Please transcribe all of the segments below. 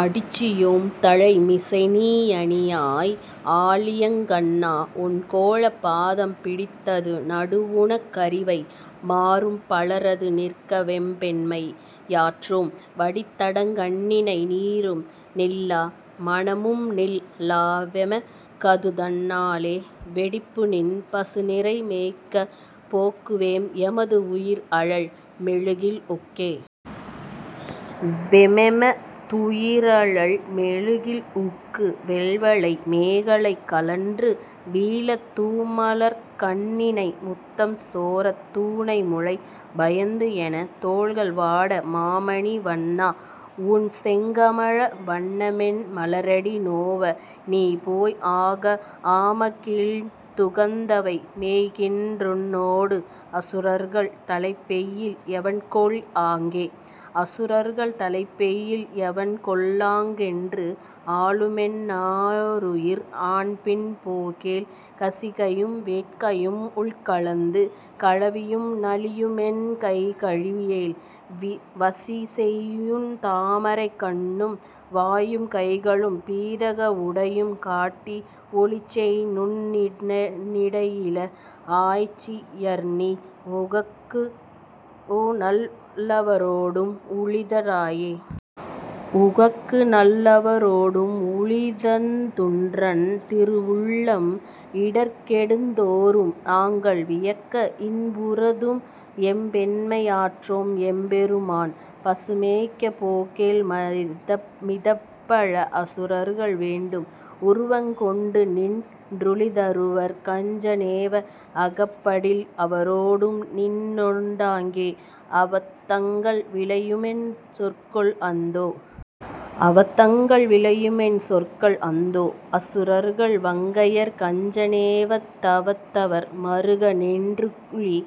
அடிச்சி யோம்தலை மிசைநீ யணியாய்। ஆழியங் கண்ணா. உன் கோலப் பாதம் பிடித்தது நடுவுனக் கரிவை மாரும் பலரது நிற்கவெம் பெண்மை யாற்றோம் வடித்தடங் கண்ணிணை நீரும் நில்லா மனமும்நில் லாவெமக் கதுதன் னாலே வெடிப்புநின் பசு நிரை மேய்க்கப் போக்கு வேம் எமது உயிர் அழல் மெழுகில் உக்கே.. வேமெம துயிரழல் மெழுகில் உக்கு வெள்வளை மேகலை கழன்று வீழ தூமலர்க் கண்ணிணை முத்தம் சோரத் தூணைமுலை பயந்து என தோள்கள் வாட மாமணி வண்ணா உன்செங்கமல வண்ணமென் மலரடி நோவ நீபோய் ஆமகிழ்ந் துகந்தவை மேய்க்கின் றுன்னோடு அசுரர்கள் தலைப்பெய்யில் எவன்கொல் ஆங்கே?. அசுரர்கள் தலைப்பெய்யில் எவன்கொ லாங்கென்று ஆழுமென் னாருயிர் ஆன்பின் போகேல் கசிகையும் வேட்கையும் உள்க லந்து கலவியும் நலியுமென் கைகழி யேல் வசிசெயுன் தாமரைக் கண்ணும் வாயும் கைகளும் பீதக வுடையும் காட்டி ஒசிசெய்நுண் ணிடையிள ஆய்ச்சி யர்நீ உகக்குநல் லவரொடும் உழித ராயே.. உகக்குநல் லவரொடும் உழிதந் துன்றன் திருவுள்ளம் இடர்கெடுந் தோறும் நாங்கள் வியக்க இன்புறுதும் எம்பெண்மை யாற்றோம் எம்பெரு மான். பசு மேய்க்கப் போகேல் மிதப்பல அசுரர்கள் வேண்டும் உருவங் கொண்டுநின் றுழிதருவர் கஞ்ச னேவ அகப்படில் அவரொடும் நின்னொ டாங்கே அவத்தங்கள் விளையுமென் சொற்கொள் அந்தோ.. அவத்தங்கள் விளையுமென் சொற்கொள் அந்தோ. அசுரர்கள் வங்கையர் கஞ்ச னேவத் தவத்தவர் மறுக நின்றுழி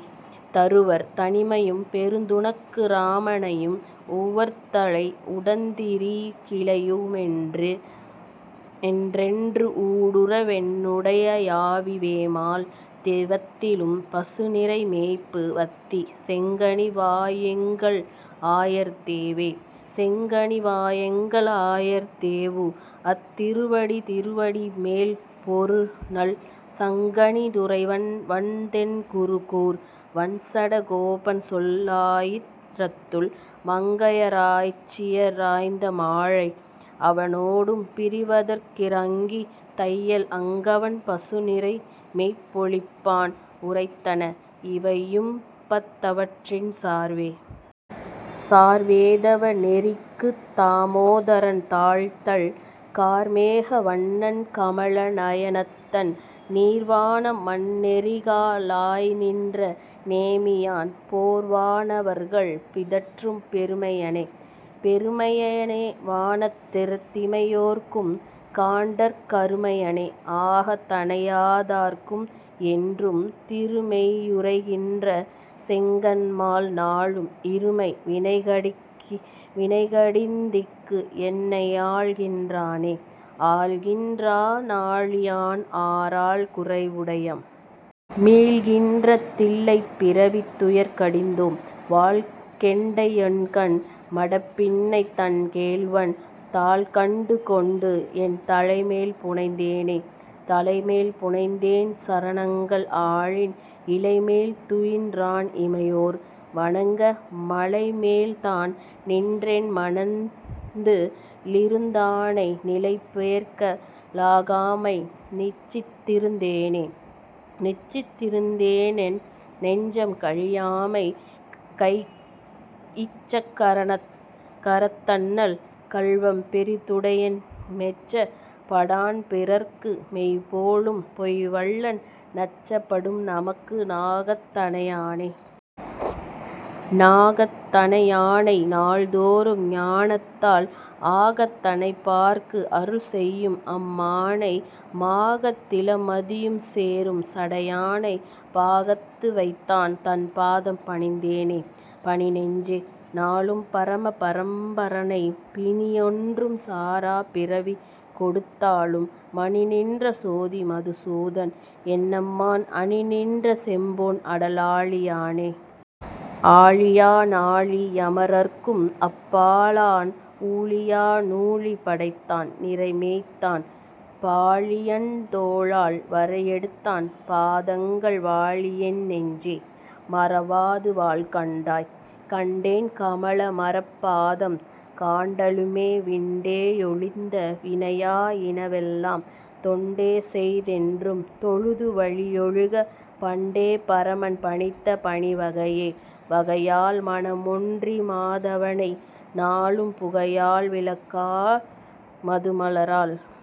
தருவர் தனிமையும் பெரிதுனக்கு இராமனையும் உவர்த்தலை உடந்திரி கிலையு மென்றென்று ஊடுற வென்னுடை யாவிவேமால் திவத்திலும் பசுநிரை மேய்ப்பு வத்தி செங்கனி வாயெங்கள் ஆயர் தேவே.. செங்கனி வாயெங்கள் ஆயர் தேவு அத்திருவடி திருவடி மேல் பொ ருநல் சங்கணி துறைவன் வண்தென் குருகூர் வண்சட கோபன்சொல் லாயி ரத்துள் மங்கைய ராய்ச்சிய ராய்ந்த மாலை அவனொடும் பிரிவதற் கிரங்கி தையல் அங்கவன் பசுநிரை மேய்ப்பொ ழிப்பான் உரைத்தன இவையும்பத் தவற்றின் சார்வே. சார்வேதவ நெறிக்குத் தாமோதரன் தாள்தள், கார்மேக வண்ணன் கமல நயனத்தன், நீர்வானம் மண்ணெரிகா லாய்நின்ற நேமியான், பேர்வா னவர்கள் பிதற்றும் பெருமையனே.. பெருமையனே வானத் திமையோர்க்கும் காண்டற் கருமையனே ஆகத் தணையாதார்க்கு என்றும் திருமெய் யுறைகின்ற செங்கண்மால் நாளும் இருமை வினைகடிந்திங்கு என்னையாள் கின்றானே.. ஆள்கின்றா னாழியான் ஆரால் குறைவுடையம்? மீள்கின்ற தில்லைப் பிறவித் துயர்கடிந்தோம், வாள்கெண்டையொண்கண் மடப்பின்னை தன் கேள்வன், தாள்கண்டு கொண்டு என் தலைமேல் புனைந்தேனே.. தலைமேல் புனைந்தேன் சரணங்கள் ஆலின் இலைமேல் துயின்றான் இமையோர் வணங்க மலைமேல்தான் நின்றென் மனத்து ளிருந்தானை நிலைபேர்க்க லாகாமை நிச்சித் திருந்தேனே.. நிச்சித் திருந்தேனென் நெஞ்சம் கழியாமை கைச்சக் கரத்தண்ணல் கள்வம் பெரிதுடையன் மெச்சப் படான்பிறர்க்கு மெய்போலும் பொய்வல்லன் நச்சப் படும்நமக்கு நாகத் தணையானே.. நாகத் தணையானை நாள்தோறும் ஞானத்தால் ஆகத் தணைப்பார்க்கு அருள்செய்யும் அம்மானை மாகத் திள மதியம் சேரும் சடையானை பாகத்து வைத்தான் தன் பாதம் பணிந்தேனே.. பணிநெஞ்சே. நாளும் பரம பரம்பரனை பிணியொன்றும் சாரா பிறவி கொடுத்தாளும் மணிநின்ற சோதி மதுசூதன் என்னம்மான் அணிநின்ற செம்பொன் அடலாழி யானே.. ஆழியா னாழி யமரர்க்கும் அப்பாலான் ஊழியா னூழி படைத்தான் நிரைமேய்த்தான் பாழியந் தோளால் வரையெடுத்தான் பாதங்கள் வாழியென் நெஞ்சே. மறவாது வாழ்கண்டாய்.. கண்டேன் கமல மலர்ப்பாதம் காண்டலுமே விண்டே யொழிந்த வினையா யினவெல்லாம் தொண்டேசெய் தென்றும் தொழுது வழியொழுக பண்டே பரமன் பணித்த பணிவகையே.. வகையால் மனமொன்றி மாதவனை நாளும் புகையால் விளக்கால் புதுமலரால்